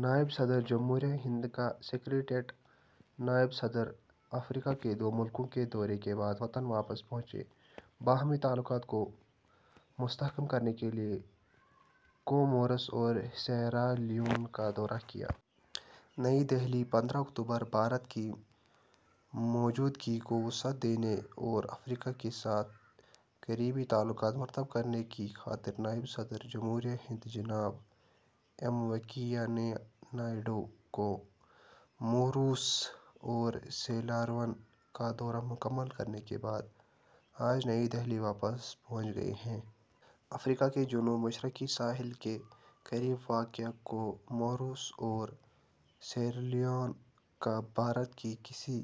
نائب صدر جمہوریہ ہند کا سکریٹریٹ نائب صدر افریقہ کے دو ملکوں کے دورے کے بعد وطن واپس پہنچے۔ باہمی تعلقات کو مستحکم کرنے کے لیے کوموروس اور سیئرا لیون کا دورہ کیا۔ نئی دہلی، پندرہ اکتوبر: بھارت کی موجودگی کو وسعت دینے اور افریقہ کے ساتھ قریبی تعلقات مرتب کرنے کی خاطر نائب صدر جمہوریہ ہند جناب ایم وینکیا نائیڈو کوموروس اور سیئرالیون کا دورہ مکمل کرنے کے بعد آج نئی دہلی واپس پہنچ گئے ہیں۔ افریقہ کے جنوب مشرقی ساحل کے قریب واقع کوموروس اور سیئرالیون کا بھارت کی کسی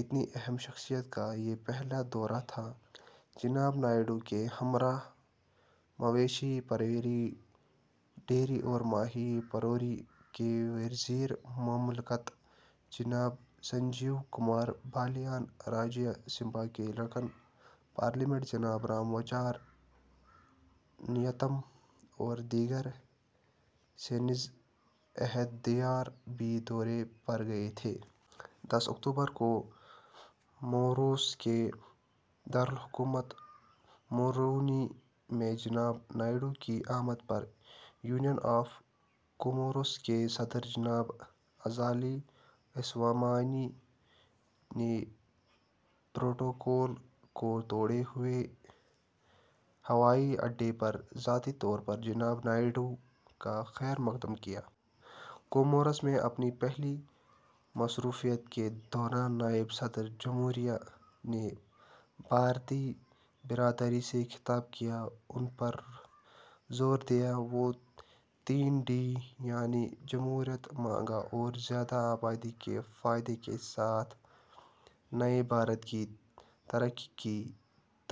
اتنی اہم شخصیت کا یہ پہلا دورہ تھا۔ جناب نائیڈو کے ہمراہ مویشی پروری، ڈیری اور ماہی پروری کے وزیر مملکت جناب سنجیو کمار بالیان، راجیہ سبھا کے رکن پارلیمنٹ جناب رام وچار نیتَم اور دیگر سینئر عہدیدار بھی دورے پر گئے تھے۔ دس اکتوبر کو کوموروس کے دارالحکومت مورونی میں جناب نائیڈو کی آمد پر یونین آف کوموروس کے صدر جناب ازالی عثومانی نے پروٹوکول کو توڑتے ہوئے ہوائی اڈے پر ذاتی طور پر جناب نائیڈو کا خیر مقدم کیا۔ کوموروس میں اپنی پہلی مصروفیت کے دوران نائب صدر جمہوریہ نے بھارتی برادری سے خطاب کیا اور ان پر زور دیا کہ وہ تین ڈی، یعنی جمہوریت، مانگ اور زیادہ آبادی کے فائدے کے ساتھ نئے بھارت کی ترقی کی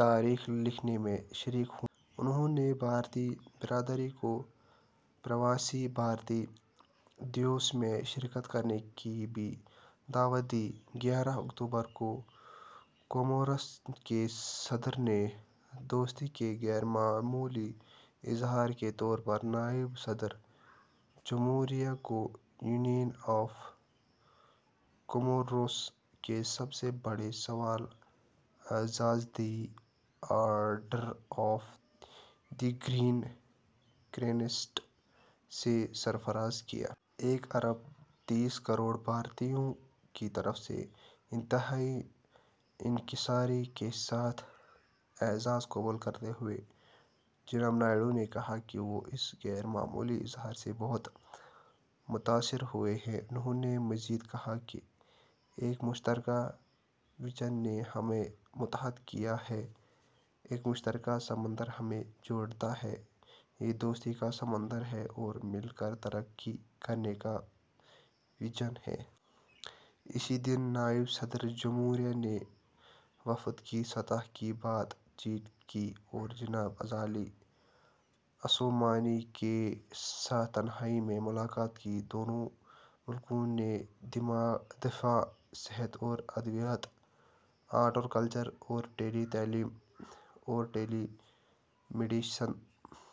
تاریخ لکھنے میں شریک ہوں۔ انہوں نے بھارتی برادری کو پرواسی بھارتی دیوس میں شرکت کرنے کی بھی دعوت دی۔ گیارہ اکتوبر کو کوموروس کے صدر نے دوستی کے غیر معمولی اظہار کے طور پر نائب صدر جمہوریہ کو یونین آف کوموروس کے سب سے بڑے سول اعزاز، "the order of the green crescent", سے سرفراز کیا۔ ایک ارب تیس کروڑ بھارتیوں کی طرف سے انتہائی انکساری کے ساتھ اعزاز قبول کرتے ہوئے جناب نائیڈو نے کہا کہ وہ اس غیر معمولی اظہار سے بہت متاثر ہوئے ہیں۔ انہوں نے مزید کہا کہ ایک مشترکہ وژن نے ہمیں متحد کیا ہے، ایک مشترکہ سمندر ہمیں جوڑتا ہے — یہ دوستی کا سمندر ہے اور مل کر ترقی کرنے کا وژن ہے۔ اسی دن نائب صدر جمہوریہ نے وفد کی سطح کی بات چیت کی اور جناب ازالی عثومانی کے ساتھ تنہائی میں ملاقات کی۔ دونوں ملکوں نے دفاع، صحت اور ادویات، آرٹ اور کلچر اور ٹیلی تعلیم اور ٹیلی میڈیسن